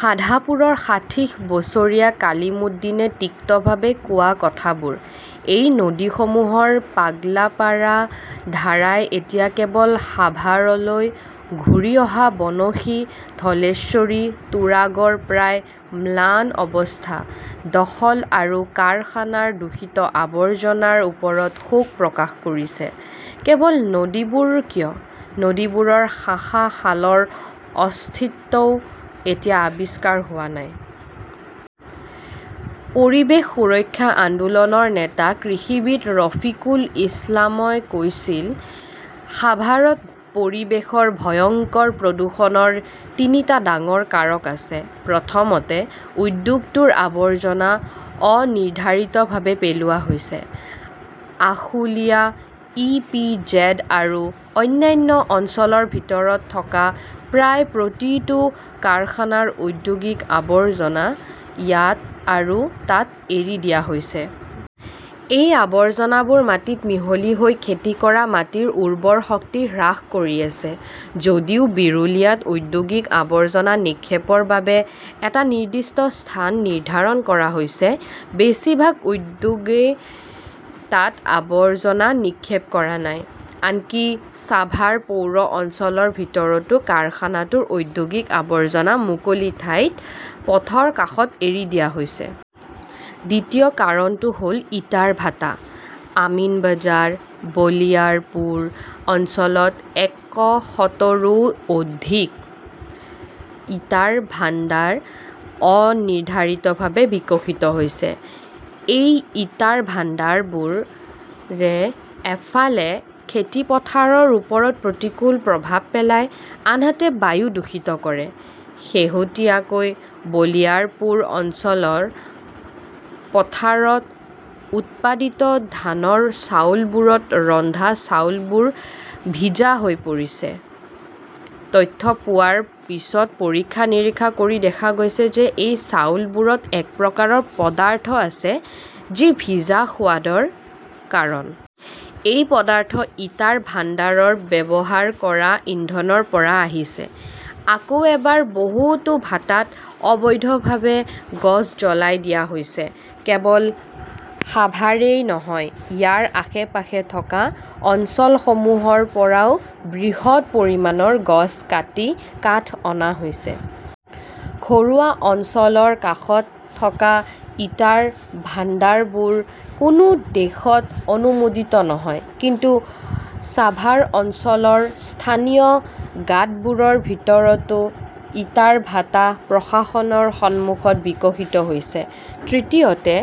সাধাপুৰৰ ষাঠিশ বছৰীয়া কলিমুদ্দীনে তিক্তভাৱে কোৱা কথাবোৰ। এই নদীসমূহৰ পাগলাপাৰা ধাৰাই এতিয়া কেৱল সাভাৰলৈ ঘূৰি অহা বনশী, ধলেশ্বৰী, তুৰাগৰ প্ৰায় ম্লান অৱস্থা, দখল আৰু কাৰখানাৰ দূষিত আৱৰ্জনাৰ ওপৰত শোক প্ৰকাশ কৰিছে। কেৱল নদীবোৰ কিয়, নদীবোৰৰ শাখা খালৰ অস্তিত্বও এতিয়া আৱিষ্কাৰ হোৱা নাই। পৰিৱেশ সুৰক্ষা আন্দোলনৰ নেতা কৃষিবিদ ৰফিকুল ইছলামই কৈছিল। "সাভাৰত পৰিৱেশৰ ভয়ংকৰ প্ৰদূষণৰ তিনিটা ডাঙৰ কাৰক আছে। প্ৰথমতে, উদ্যোগটোৰ আৱৰ্জনা অনিৰ্ধাৰিতভাৱে পেলোৱা হৈছিল। আশুলিয়া, ই. পি. জেড. আৰু অন্যান্য অঞ্চলৰ ভিতৰত থকা প্ৰায় প্ৰতিটো কাৰখানাৰ ঔদ্যোগিক আৱৰ্জনা ইয়াত আৰু তাত এৰি দিয়া হৈছে। এই আৱৰ্জনাবোৰ মাটিত মিহলি হৈ খেতি কৰা মাটিৰ উৰ্বৰ শক্তি হ্ৰাস কৰি আছে। যদিও বিৰুলিয়াত ঔদ্যোগিক আৱৰ্জনা নিক্ষেপৰ বাবে এটা নিৰ্দিষ্ট স্থান নিৰ্ধাৰণ কৰা হৈছে, বেছিভাগ উদ্যোগই তাত আৱৰ্জনা নিক্ষেপ কৰা নাই। আনকি ছাভাৰ পৌৰ অঞ্চলৰ ভিতৰতো কাৰখানাটোৰ ঔদ্যোগিক আৱৰ্জনা মুকলি ঠাইত, পথৰ কাষত এৰি দিয়া হৈছে। দ্বিতীয় কাৰণটো হ "ল ইটাৰ ভাটা। আমিনবাঝাৰ, বলিয়াৰপুৰ অঞ্চলত একশতৰো অধিক ইটাৰ ভাণ্ডাৰ অনিৰ্ধাৰিতভাৱে বিকশিত হৈছে। এই ইটাৰ ভাণ্ডাৰবোৰে এফালে খেতি পথাৰৰ ওপৰত প্ৰতিকূল প্ৰভাৱ পেলায়, আনহাতে বায়ু দূষিত কৰে। শেহতীয়াকৈ বলিয়াৰপুৰ অঞ্চলৰ পথাৰত উৎপাদিত ধানৰ চাউলবোৰত ৰন্ধা চাউলবোৰ ভিজা হৈ পৰিছে-তথ্য পোৱাৰ পিছত পৰীক্ষা-নিৰীক্ষা কৰি দেখা গৈছে যে এই চাউলবোৰত এক প্ৰকাৰৰ পদাৰ্থ আছে যি ভিজা সোৱাদৰ কাৰণ। এই পদাৰ্থ ইটাৰ ভাণ্ডাৰত ব্যৱহাৰ কৰা ইন্ধনৰ পৰা আহিছে। আকৌ এবাৰ, বহুতো ভাটাত অবৈধভাৱে গছ জ্বলাই দিয়া হৈছে। কেৱল সাভাৰেই নহয়, ইয়াৰ আশে-পাশে থকা অঞ্চলসমূহৰ পৰাও বৃহৎ পৰিমাণৰ গছ কাটি কাঠ অনা হৈছে। ঘৰুৱা অঞ্চলৰ কাষত থকা ইটাৰ ভাণ্ডাৰবোৰ কোনো দেশত অনুমোদিত নহয়। কিন্তু ছাভাৰ অঞ্চলৰ স্থানীয় গাঁতবোৰৰ ভিতৰতো ইটাৰ ভাটা প্ৰশাসনৰ সন্মুখত বিকশিত হৈছে। তৃতীয়তে,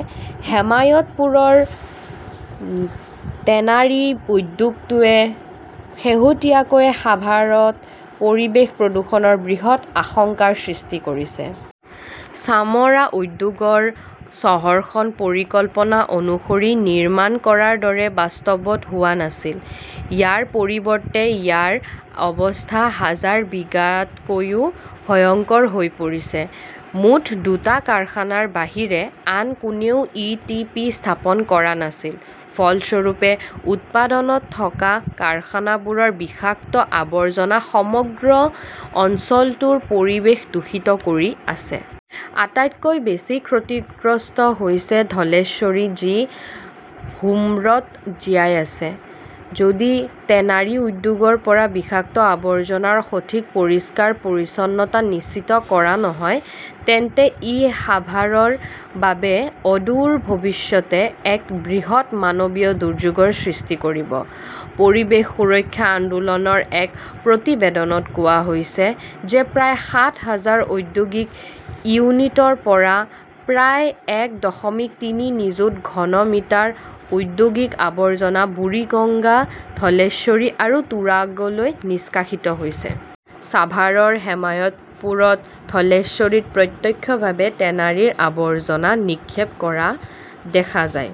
হেমায়তপুৰৰ টেনাৰী উদ্যোগটোৱে শেহতীয়াকৈ সাভাৰত পৰিৱেশ প্ৰদূষণৰ বৃহৎ আশংকাৰ সৃষ্টি কৰিছে। চামৰা উদ্যোগৰ চহৰখন পৰিকল্পনা অনুসৰি নিৰ্মাণ কৰাৰ দৰে বাস্তৱত হোৱা নাছিল। ইয়াৰ পৰিৱৰ্তে, ইয়াৰ অৱস্থা হাজাৰিবাগতকৈও ভয়ংকৰ হৈ পৰিছে। মুঠ দুটা কাৰখানাৰ বাহিৰে আন কোনেও ই. টি. পি. স্থাপন কৰা নাছিল। ফলস্বৰূপে, উৎপাদনত থকা কাৰখানাবোৰৰ বিষাক্ত আৱৰ্জনা সমগ্ৰ অঞ্চলটোৰ পৰিৱেশ দূষিত কৰি আছে। আটাইতকৈ বেছি ক্ষতিগ্ৰস্ত হৈছে ধলেশ্বৰী, যি ধূম্ৰত জীয়াই আছে। যদি টেনাৰী উদ্যোগৰ পৰা বিষাক্ত আৱৰ্জনাৰ সঠিক পৰিষ্কাৰ-পৰিচ্ছন্নতা নিশ্চিত কৰা নহয় তেন্তে ই সাভাৰৰ বাবে অদূৰ ভৱিষ্যতে এক বৃহৎ মানৱীয় দুৰ্যোগৰ সৃষ্টি কৰিব। পৰিৱেশ সুৰক্ষা আন্দোলনৰ এক প্ৰতিবেদনত কোৱা হৈছে যে প্ৰায় সাত হাজাৰ ঔদ্যোগিক ইউনিটৰ পৰা প্ৰায় এক দশমিক তিনি নিযুত ঘন মিটাৰ ঔদ্যোগিক আৱৰ্জনা বুৰিগঙ্গা, ধলেশ্বৰী আৰু তুৰাগলৈ নিষ্কাশিত হৈছে। চাভাৰৰ হেমায়তপুৰত ধলেশ্বৰীত প্ৰত্যক্ষভাৱে টেনাৰীৰ আৱৰ্জনা নিক্ষেপ কৰা দেখা যায়।